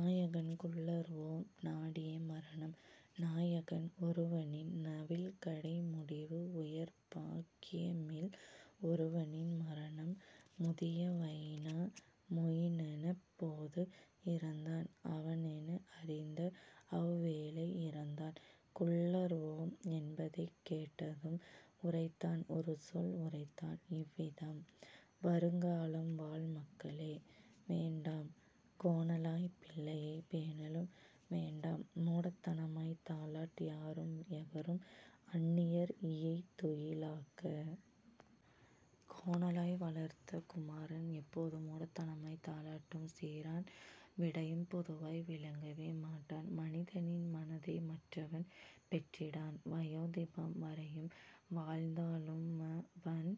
நாயகன் குல்லர்வோ நாடிய மரணம் நாயகன் ஒருவனின் நவில்கடை முடிவு உயர்பாக் கியமில் ஒருவனின் மரணம். முதிய வைனா மொயினனப் போது இறந்தான் அவனென அறிந்தஅவ் வேளை இறந்தான் குல்லர்வோ என்பதைக் கேட்டதும் உரைத்தான் ஒருசொல் உரைத்தான் இவ்விதம்: "வருங்கா லம்வாழ் மக்களே வேண்டாம் கோணலாய்ப் பிள்ளையை பேணலும் வேண்டாம் மூடத் தனமாய்த் தாலாட் யாரும் எவரும் அந்நியர் இயைதுயி லாக்க! கோணலாய் வளர்த்த குமாரன் எப்போதும் மூடத் தனமாய்த் தாலாட் டும்சிறான் விடயம் பொதுவாய் விளங்கவே மாட்டான் மனிதனின் மனதை மற்றவன் பெற்றிடான் வயோதிபம் வரையும் வாழ்ந்தா லுமவன்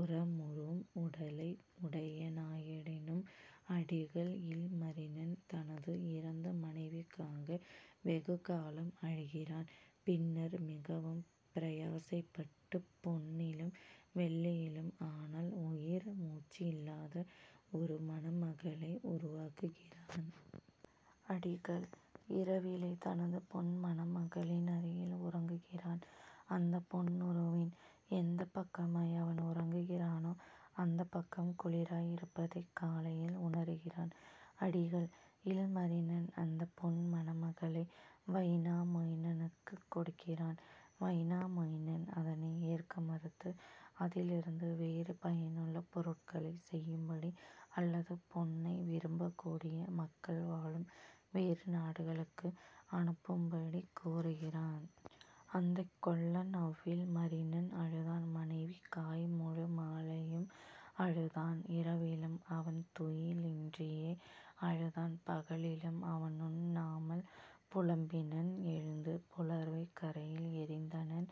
உரமுறும் உடலை உடைய னாயிடினும். " அடிகள்: இல்மரினன் தனது இறந்த மனைவிக்காக வெகுகாலம் அழுகிறான். பின்னர் மிகவும் பிரயாசைப்பட்டுப் பொன்னிலும் வெள்ளியிலும் ஆனால் உயிர் மூச்சு இல்லாத ஒரு மணமகளை உருவாக்குகிறான். அடிகள்: இரவிலே தனது பொன் மணமகளின் அருகில் உறங்குகிறான். அந்தப் பொன்னுருவின் எந்தப் பக்கமாய் அவன் உறங்குகிறானோ அந்தப் பக்கம் குளிராய் இருப்பதைக் காலையில் உணருகிறான். அடிகள்: இல்மரினன் அந்தப் பொன் மணமகளை வைனாமொயினனுக்குக் கொடுக்கிறான். வைனாமொயினன் அதனை ஏற்க மறுத்து, அதிலிருந்து வேறு பயனுள்ள பொருட்களைச் செய்யும்படி அல்லது பொன்னை விரும்பக்கூடிய மக்கள் வாழும் வேறு நாடுகளுக்கு அனுப்பும்படி கூறுகிறான். அந்தக் கொல்லன் அவ்வில் மரினன் அழுதான் மனைவிக் காய்முழு மாலையும் அழுதான் இரவிலும் அவன்துயி லின்றியே அழுதான் பகலிலும் அவனுண் ணாமல் புலம்பினன் எழுந்து புலர்வை கறையில் எறிந்தனன்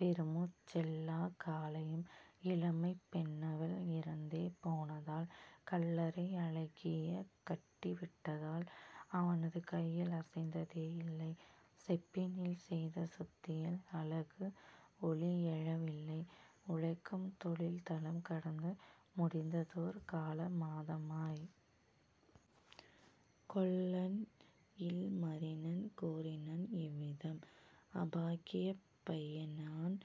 பெருமூச் செல்லாக் காலையும் இளமைப் பெண்ணவள் இறந்தே போனதால் கல்லறை அழகியைக் கட்டி விட்டதால். அவனது கையில் அசைந்ததே யில்லை செப்பினில் செய்த சுத்தியல் அலகு, ஒலியெழ வில்லை உழைக்கும் தொழில்தலம் கடந்து முடிந்ததோர் கால மாதமாய். கொல்லன்இல் மரினன் கூறினன் இவ்விதம்: "அபாக்கியப் பையநான்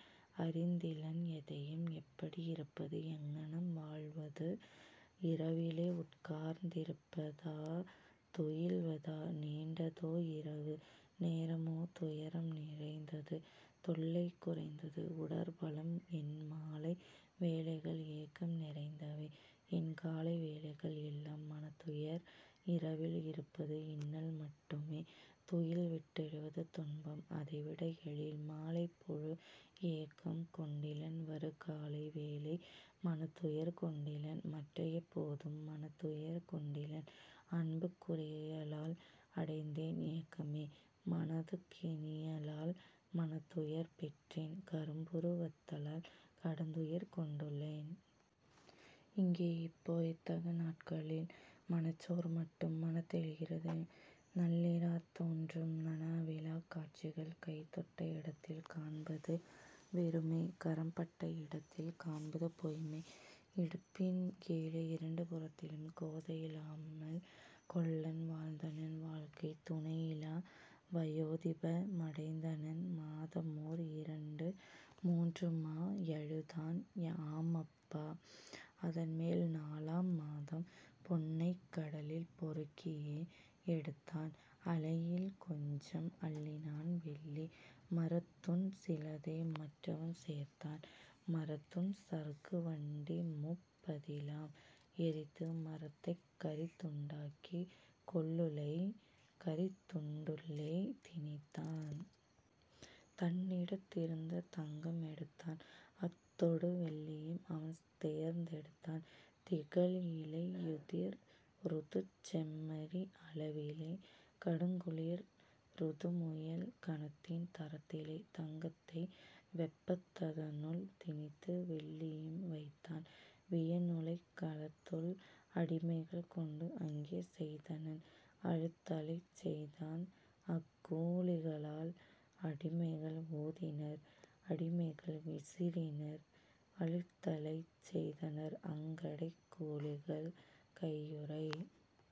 அறிந்திலன் எதையும் எப்படி இருப்பது எங்ஙனம் வாழ்வது; இரவிலே உட்கார்ந் திருப்பதா துயில்வதா நீண்டதோ இரவு நேரமோ துயரம் நிறைந்தது தொல்லை குறைந்தது உடற்பலம். என்மாலை வேளைகள் ஏக்கம் நிறைந்தவை என்காலை வேளைகள் எல்லாம் மனத்துயர் இரவில் இருப்பது இன்னல் மட்டுமே துயில்விட் டெழுவது துன்பம் அதைவிட எழில்மா லைப்பொழு ஏக்கம் கொண்டிலன் வருகாலை வேளை மனத்துயர் கொண்டிலன் மற்றைய போதும் மனத்துயர் கொண்டிலன்; அன்புக் குரியளால் அடைந்தேன் ஏக்கமே மனதுக் கினியளால் மனத்துயர் பெற்றேன் கரும்புரு வத்தளால் கடுந்துயர் கொண்டுளேன். இங்கே இப்போ இத்தகு நாட்களில் மனச்சோர் மட்டும் மனத் தெழுகிறது நள்ளிராத் தோன்றும் நனவிலாக் காட்சிகள் கைதொட்ட இடத்தில் காண்பது வெறுமை கரம்பட்ட இடத்தில் காண்பது பொய்மை இடுப்பின் கீழே இரண்டு புறத்திலும். " கோதையில் லாமல் கொல்லன் வாழ்ந்தனன் வாழ்க்கைத் துணையிலா வயோதிப மடைந்தனன்; மாதமோர் இரண்டு மூன்றுமா யழுதான் ஆமப்பா, அதன்மேல் நாலாம் மாதம் பொன்னைக் கடலில் பொறுக்கியே யெடுத்தான் அலையில் கொஞ்சம் அள்ளினான் வெள்ளி; மரத்துண் சிலதை மற்றவன் சேர்த்தான் மரத்துண் சறுக்கு வண்டிமுப் பதிலாம்; எரித்து மரத்தைக் கரித்துண் டாக்கி கொல்லுலை கரித்துண் டுள்ளே திணித்தான். தன்னிடத் திருந்த தங்கம் எடுத்தான் அத்தொடு வெள்ளியும் அவன்தேர்ந் தெடுத்தான் திகழ்இலை யுதிர்ருதுச் செம்மறி அளவிலே கடுங்குளிர் ருதுமுயல் கனத்தின் தரத்திலே தங்கத்தை வெப்பத் ததனுள் திணித்து வெள்ளியும் வைத்தான் வியனுலைக் களத்துள் அடிமைகள் கொண்டு அங்கே செய்தனன் அழுத்தலைச் செய்தான் அக்கூ லிகளால். அடிமைகள் ஊதினர் அடிமைகள் விசிறினர் அழுத்தலைச் செய்தனர் அங்கடை கூலிகள் கையுறை